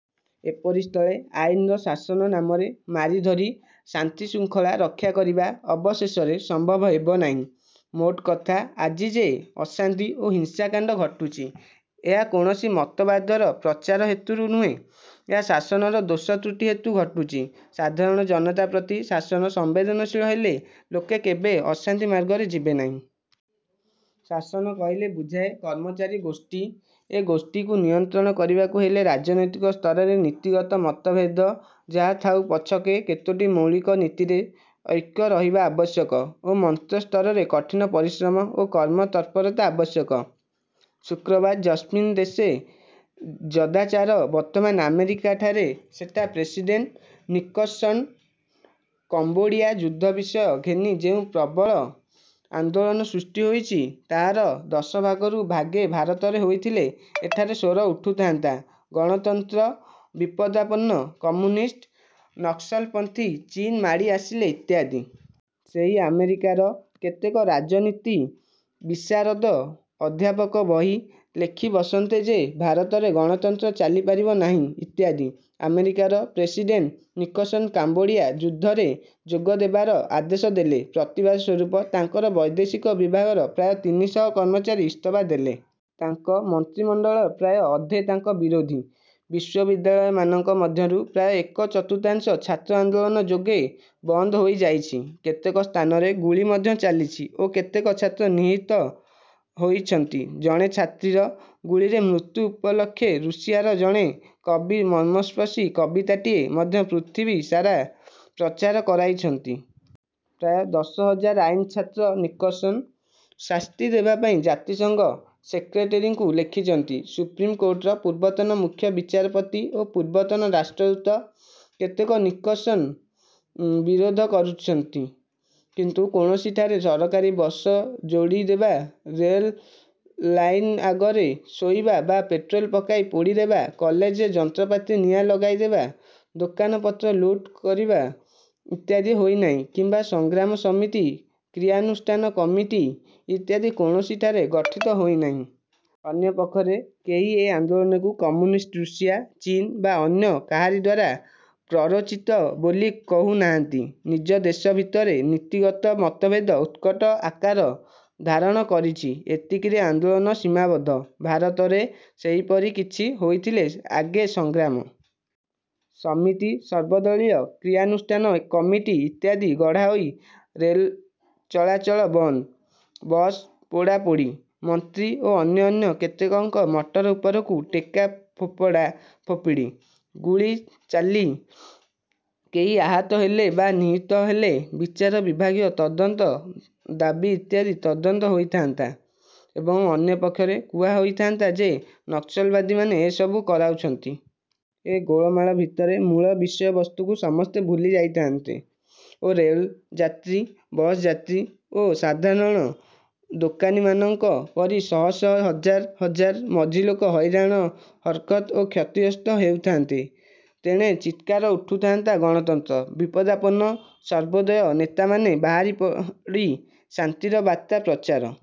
ଏପରି ସ୍ଥଳେ ଆଇନର ଶାସନ ନାମରେ ମାରିଧରି ଶାନ୍ତିଶୃଙ୍ଖଳା ରକ୍ଷାକରିବା ଅବଶେଷରେ ସମ୍ଭବ ହେବ ନାହିଁ। ମୋଟକଥା ଆଜି ଯେ ଅଶାନ୍ତି ଓ ହିସାଂକାଣ୍ଡ ଘଟୁଛି, ଏହା କୌଣସି ମତବାଦର ପ୍ରଚାର ହେତୁରୁ ନୁହେଁ। ଏହା ଶାସନର ଦୋଷ ତ୍ରୁଟି ହେତୁ ଘଟୁଛି। ସାଧାରଣ ଜନତା ପ୍ରତି ଶାସନ ସମ୍ବେଦନଶୀଳ ହେଲେ ଲୋକେ କେବେ ଅଶାନ୍ତି ମାର୍ଗରେ ଯିବେନାହିଁ। ଶାସନ କହିଲେ ବୁଝାଏ, କର୍ମଚାରୀ-ଗୋଷ୍ଠୀ। ଏ ଗୋଷ୍ଠୀକୁ ନିୟନ୍ତ୍ରଣ କରିବାକୁ ହେଲେ ରାଜନୈତିକ ସ୍ତରରେ ନୀତିଗତ ମତଭେଦ ଯାହା ଥାଉ ପଛକେ କେତୋଟି ମୌଳିକ ନୀତିରେ ଐକ୍ୟ ରହିବା ଆବଶ୍ୟକ ଓ ମନ୍ତ୍ରିସ୍ତରରେ କଠିନ ପରିଶ୍ରମ ଓ କର୍ମ ତତ୍ପରତା ଆବଶ୍ୟକ। ଶୁକ୍ରବାର ଯସ୍ମିନ୍ ଦେଶେ ଯଦାଚାର ବର୍ତ୍ତମାନ ଆମେରିକାରେ ସେଠା ପ୍ରେସିଡ଼େଣ୍ଟ ନିକସନ୍ଙ୍କ କାମ୍ବୋଡ଼ିଆ ଯୁଦ୍ଧ ବିଷୟ ଘେନି ଯେଉଁ ପ୍ରବଳ ଆନ୍ଦୋଳନ ସୃଷ୍ଟିହୋଇଛି, ତାହାର ଦଶଭାଗରୁ ଭାଗେ ଭାରତରେ ହୋଇଥିଲେ ଏଠାରେ ସ୍ୱର ଉଠୁଥାନ୍ତା ''ଗଣତନ୍ତ୍ର ବିପଦାପନ୍ନ- କମ୍ୟୁନିଷ୍ଟ, ନକ୍ସଲପନ୍ଥୀ-ଚୀନ ମାଡ଼ି ଆସିଲେ'' ଇତ୍ୟାଦି। ସେହି ଆମେରିକାର କେତେକ ରାଜନୀତି ବିଶାରଦ ଅଧ୍ୟାପକ ବହି ଲେଖି ବସନ୍ତେ ଯେ ଭାରତରେ ଗଣତନ୍ତ୍ର ଚାଲିପାରିବ ନାହିଁ ଇତ୍ୟାଦି। ଆମେରିକାର ପ୍ରେସିଡ଼େଣ୍ଟ ନିକସନ କାମ୍ବୋଡ଼ିଆ ଯୁଦ୍ଧରେ ଯୋଗ ଦେବାର ଆଦେଶ ଦେଲେ। ପ୍ରତିବାଦ ସ୍ୱରୂପ ତାଙ୍କର ବୈଦେଶିକ ବିଭାଗର ପ୍ରାୟ ତିନିଶହ କର୍ମଚାରୀ ଇସ୍ତଫା ଦେଲେ। ତାଙ୍କ ମନ୍ତ୍ରିମଣ୍ଡଳର ପ୍ରାୟ ଅଧେ ତାଙ୍କ ବିରୋଧୀ। ବିଶ୍ୱବିଦ୍ୟାଳୟମାନଙ୍କ ମଧ୍ୟରୁ ପ୍ରାୟ ଏକ ଚତୁର୍ଥାଂଶ ଛାତ୍ର ଆନ୍ଦୋଳନ ଯୋଗେ ବନ୍ଦ ହୋଇ ଯାଇଛି। କେତେକ ସ୍ଥାନରେ ଗୁଳି ମଧ୍ୟ ଚାଲିଛି ଓ କେତେକ ଛାତ୍ର ନିହତ ହୋଇଛନ୍ତି। ଜଣେ ଛାତ୍ରୀର ଗୁଳିରେ ମୃତ୍ୟୁ ଉପଲକ୍ଷେ ରୁଷିଆର ଜଣେ କବି ମର୍ମସ୍ପର୍ଶୀ କବିତାଟିଏ ମଧ୍ୟ ପୃଥିବୀ ସାରା ପ୍ରଚାର କରାଇଛନ୍ତି। ପ୍ରାୟ ଦଶ ହଜାର ଆଇନ ଛାତ୍ର ନିକସନ୍ଙ୍କୁ ଶାସ୍ତି ଦେବାପାଇଁ ଜାତିସଂଘ ସେକ୍ରେଟେରୀଙ୍କୁ ଲେଖିଛନ୍ତି। ସୁପ୍ରୀମ କୋର୍ଟର ପୂର୍ବତନ ମୁଖ୍ୟ ବିଚାରପତି ଓ ପୂର୍ବତନ ରାଷ୍ଟ୍ରଦୂତ କେତେକ ନିକସନ୍ଙ୍କ ବିରୋଧ କରୁଛନ୍ତି; କିନ୍ତୁ କୌଣସିଠାରେ ସରକାରୀ ବସ ପୋଡ଼ିଦେବା, ରେଲ ଲାଇନ ଆଗରେ ଶୋଇବା ବା ପେଟ୍ରୋଲ ପକାଇ ପୋଡ଼ିଦେବା, କଲେଜରେ ଯନ୍ତ୍ରପାତିରେ ନିଆଁ ଲଗାଇଦେବା, ଦୋକାନ ପତ୍ର ଲୁଟ କରିବା ଇତ୍ୟାଦି ହୋଇନାହିଁ କିମ୍ବା 'ସଂଗ୍ରାମ ସମିତି', କ୍ରିୟାନୁଷ୍ଠାନ କମିଟି' ଇତ୍ୟାଦି କୌଣସିଠାରେ ଗଠିତ ହୋଇନାହିଁ। ଅନ୍ୟ ପକ୍ଷରେ କେହି ଏ ଆନ୍ଦୋଳନକୁ କମ୍ୟୁନିଷ୍ଟ ରୁଷିଆ, ଚୀନ ବା ଅନ୍ୟ କାହାରିଦ୍ୱାରା ପ୍ରରୋଚିତ ବୋଲି କହୁ ନାହାନ୍ତି। ନିଜ ଦେଶ ଭିତରେ ନୀତିଗତ ମତଭେଦ ଉତ୍କଟ ଆକାର ଧାରଣ କରିଛି- ଏତିକିରେ ଆନ୍ଦୋଳନ ସୀମାବଦ୍ଧ। ଭାରତରେ ସେହିପରି କିଛି ହୋଇଥିଲେ ଆଗେ 'ସଂଗ୍ରାମ ସମିତି' 'ସର୍ବଦଳୀୟ କ୍ରିୟାନୁଷ୍ଠାନ କମିଟି' ଇତ୍ୟାଦି ଗଢ଼ାହୋଇ ରେଲ ଚଳାଚଳ ବନ୍ଦ, ବସ ପୋଡ଼ାପୋଡ଼ି, ମନ୍ତ୍ରୀ ଓ ଅନ୍ୟ ଅନ୍ୟ କେତେକଙ୍କ ମଟର ଉପରକୁ ଟେକା ଫୋପଡ଼ା ଫୋପାଡ଼ି, ଗୁଳି ଚାଲି କେହି ଆହତ ହେଲେ ବା ନିହତ ହେଲେ ବିଚାର ବିଭାଗୀୟ ତଦନ୍ତ ଦାବି ଇତ୍ୟାଦି ତଦନ୍ତ ହୋଇଥାନ୍ତା ଏବଂ ଅନ୍ୟ ପକ୍ଷରେ କୁହା ହୋଇଥାନ୍ତା ଯେ ନକ୍ସଲବାଦୀମାନେ ଏସବୁ କରାଉଛନ୍ତି। ଏ ଗୋଳମାଳ ଭିତରେ ମୂଳ ବିଷୟବସ୍ତୁକୁ ସମସ୍ତେ ଭୁଲି ଯାଇଥାନ୍ତେ ଓ ରେଲଯାତ୍ରୀ, ବସଯାତ୍ରୀ ଓ ସାଧାରଣ ଦୋକାନୀମାନଙ୍କ ପରି ଶହ ଶହ ହଜାର ହଜାର ମଝି ଲୋକେ ହଇରାଣ ହରକତ ଓ କ୍ଷତିଗ୍ରସ୍ତ ହେଉଥାନ୍ତେ। ତେଣେ ଚିତ୍କାର ଉଠୁଥାନ୍ତା 'ଗଣତନ୍ତ୍ର। ବିପଦାପନ୍ନ' ସର୍ବୋଦୟ ନେତାମାନେ ବାହାରିପଡ଼ି ଶାନ୍ତିର ବାର୍ତ୍ତା ପ୍ରଚାର